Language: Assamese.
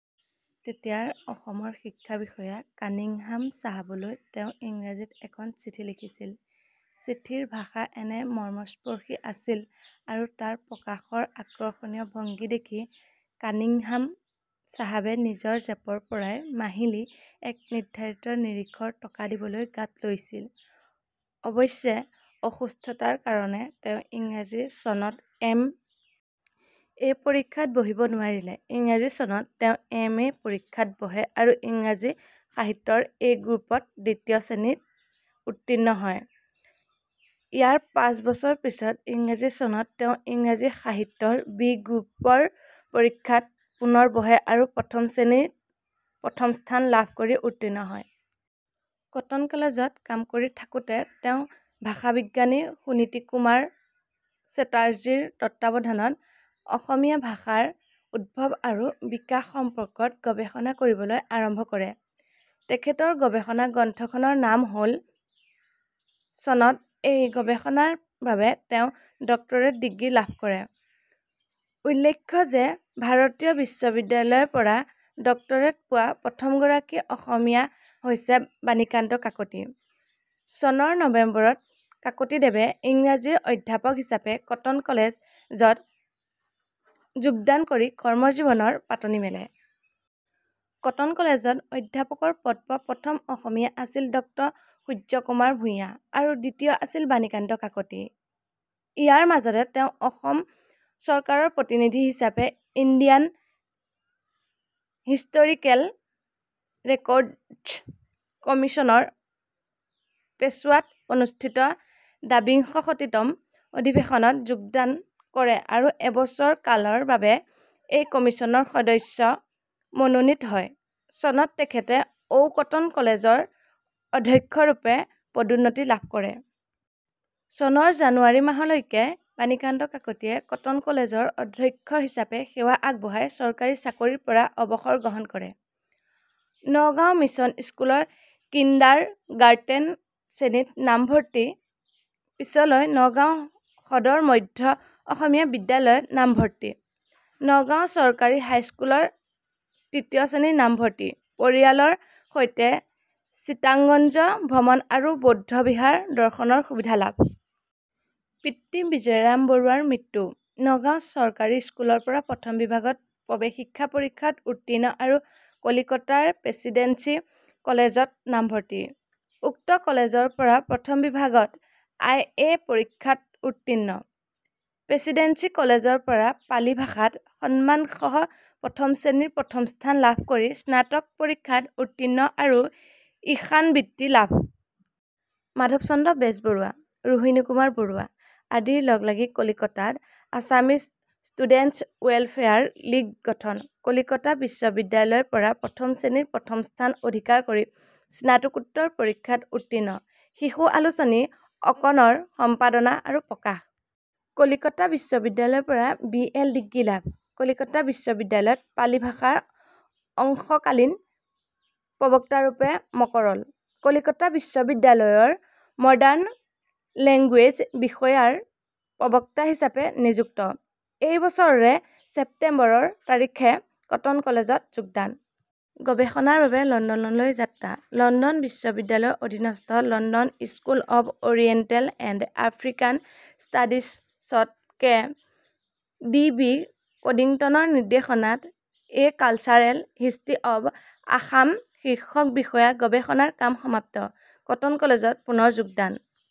তেতিয়াৰ অসমৰ শিক্ষা বিষয়া কানিংহাম চাহাবলৈ তেওঁ ইংৰাজীত এখন চিঠি লিখিছিল৷ চিঠিৰ ভাষা এনে মৰ্মস্পৰ্শী আছিল আৰু তাৰ প্ৰকাশৰ আকৰ্ষণীয় ভংগী দেখি কানিংহাম চাহাবে নিজৰ জেপৰ পৰাই মাহিলী এক নিৰ্ধাৰিত নিৰিখৰ টকা দিবলৈ গাত লৈছিল৷ অৱশ্যে, অসুস্থতাৰ কাৰণে তেওঁ ইংৰাজী চনত এম. এ. পৰীক্ষাত বহিব নোৱাৰিলে। ইংৰাজী চনত তেওঁ এম. এ. পৰীক্ষাত বহে আৰু ইংৰাজী সাহিত্যৰ 'এ' গ্ৰুপত দ্বিতীয় শ্ৰেণীত উত্তীৰ্ণ হয়। ইয়াৰ পাঁচ বছৰ পিছত ইংৰাজী চনত তেওঁ ইংৰাজী সাহিত্যৰ 'বি' গ্ৰুপৰ পৰীক্ষাত পুনৰ বহে আৰু প্ৰথম শ্ৰেণীৰ প্ৰথম স্থান লাভ কৰি উত্তীৰ্ণ হয়। কটন কলেজত কাম কৰি থাকোঁতে তেওঁ ভাষাবিজ্ঞানী সুনীতিকুমাৰ চেটাৰ্জীৰ তত্ত্বাৱধানত অসমীয়া ভাষাৰ উদ্ভৱ আৰু বিকাশ সম্পৰ্কত গৱেষণা কৰিবলৈ আৰম্ভ কৰে৷ তেখেতৰ গৱেষণা গ্ৰন্থখনৰ নাম হ'ল- ':.' চনত এই গৱেষণাৰ বাবে তেওঁ ডক্টৰেট ডিগ্ৰী লাভ কৰে৷ উল্লেখ্য যে ভাৰতীয় বিশ্ববিদ্যালয়ৰপৰা ডক্টৰেট পোৱা প্ৰথমগৰাকী অসমীয়া হৈছে বাণীকান্ত কাকতি৷ চনৰ নবেম্বৰত কাকতিদেৱে ইংৰাজীৰ অধ্যাপক হিচাপে কটন কলেজ ত যোগদান কৰি কৰ্মজীৱনৰ পাতনি মেলে। কটন কলেজত অধ্যাপকৰ পদ পোৱা প্ৰথম অসমীয়া আছিল ড সূৰ্য্যকুমাৰ ভূঞা আৰু দ্বিতীয় আছিল বাণীকান্ত কাকতি৷ ইয়াৰ মাজতে তেওঁ অসম চৰকাৰৰ প্ৰতিনিধি হিচাপে ইণ্ডিয়ান হিষ্টৰিকেল ৰেকৰ্ডছ্ কমিছনৰ পেছোৱাত অনুষ্ঠিত দ্বাবিংশতিতম অধিৱেশনত যোগদান কৰে আৰু এবছৰ কালৰ বাবে এই কমিছনৰ সদস্য মনোনীত হয়৷ চনত তেখেতে ঔ কটন কলেজৰ অধ্যক্ষ ৰূপে পদোন্নতি লাভ কৰে। চনৰ জানুৱাৰী মাহলৈকে বাণীকান্ত কাকতিয়ে কটন কলেজৰ অধ্যক্ষ হিচাপে সেৱা আগবঢ়াই চৰকাৰী চাকৰিৰ পৰা অৱসৰ গ্ৰহণ কৰে।: নগাঁও মিচন স্কুলৰ কিণ্ডাৰগাৰ্টেন শ্ৰেণীত নাম ভৰ্তি, পিচলৈ নগাঁও সদৰ মধ্য অসমীয়া বিদ্যালয়ত নামভৰ্তি: নগাঁও চৰকাৰী হাইস্কুলৰ তৃতীয় শ্ৰেণীত নামভৰ্তি: পৰিয়ালৰ সৈতে চিতাগঞ্জ ভ্ৰমণ আৰু বৌদ্ধ বিহাৰ দৰ্শনৰ সুবিধা লাভ।: পিতৃ বিজয়ৰাম বৰুৱাৰ মৃত্যু।: নগাঁও চৰকাৰী স্কুলৰ পৰা প্ৰথম বিভাগত প্ৰৱেশিকা পৰীক্ষা উৰ্ত্তীণ আৰু কলিকতাৰ প্ৰেচিডেন্সি কলেজত নামভৰ্তি।: উক্ত কলেজৰ পৰা প্ৰথম বিভাগত আই এ পৰীক্ষাত উৰ্ত্তীণ।: প্ৰেচিডেন্সি কলেজৰ পৰা পালি ভাষাত সন্মান সহ প্ৰথম শ্ৰেণীৰ প্ৰথম স্থান লাভ কৰি স্নাতক পৰীক্ষাত উৰ্ত্তীণ আৰু 'ঈশান' বৃত্তি লাভ। মাধৱচন্দ্ৰ বেজবৰুৱা, ৰোহিণীকুমাৰ বৰুৱা আদিৰ লগ লাগি কলিকতাত আছামিজ ষ্টুডেণ্টছ্ ৱেলফেয়াৰ লীগ গঠন।: কলিকতা বিশ্ববিদ্যালয়ৰ পৰা প্ৰথম শ্ৰেণীৰ প্ৰথম স্থান অধিকাৰ কৰি স্নাতকোত্তৰ পৰীক্ষাত উৰ্ত্তীণ।: শিশু আলোচনী 'অকণ'ৰ সম্পাদনা আৰু প্ৰকাশ।: কলিকতা বিশ্ববিদ্যালয়ৰ পৰা বি এল ডিগ্ৰী লাভ।: কলিকতা বিশ্ববিদ্যালয়ত পালি ভাষাৰ অংশকালীন প্ৰবক্তা ৰূপে মকৰল।: কলিকতা বিশ্ববিদ্যালয়ৰ মডাৰ্ণ লেংগুৱেজ বিষয়ৰ প্ৰবক্তা হিচাপে নিযুক্ত। এই বছৰৰে ছেপ্টেম্বৰ তাৰিখে কটন কলেজত যোগদান।: গৱেষণাৰ বাবে লণ্ডনলৈ যাত্ৰা।: লণ্ডন বিশ্ববিদ্যালয়ৰ অধীনস্থ ' London school of oriental and African studies 'ত কে ডি বি কড্ৰিংটনৰ নিৰ্দেশনাত a cultural history of Assam শীৰ্ষক বিষয়ৰ গৱেষণাৰ কাম সমাপ্ত। কটন কলেজত পুনৰ যোগদান।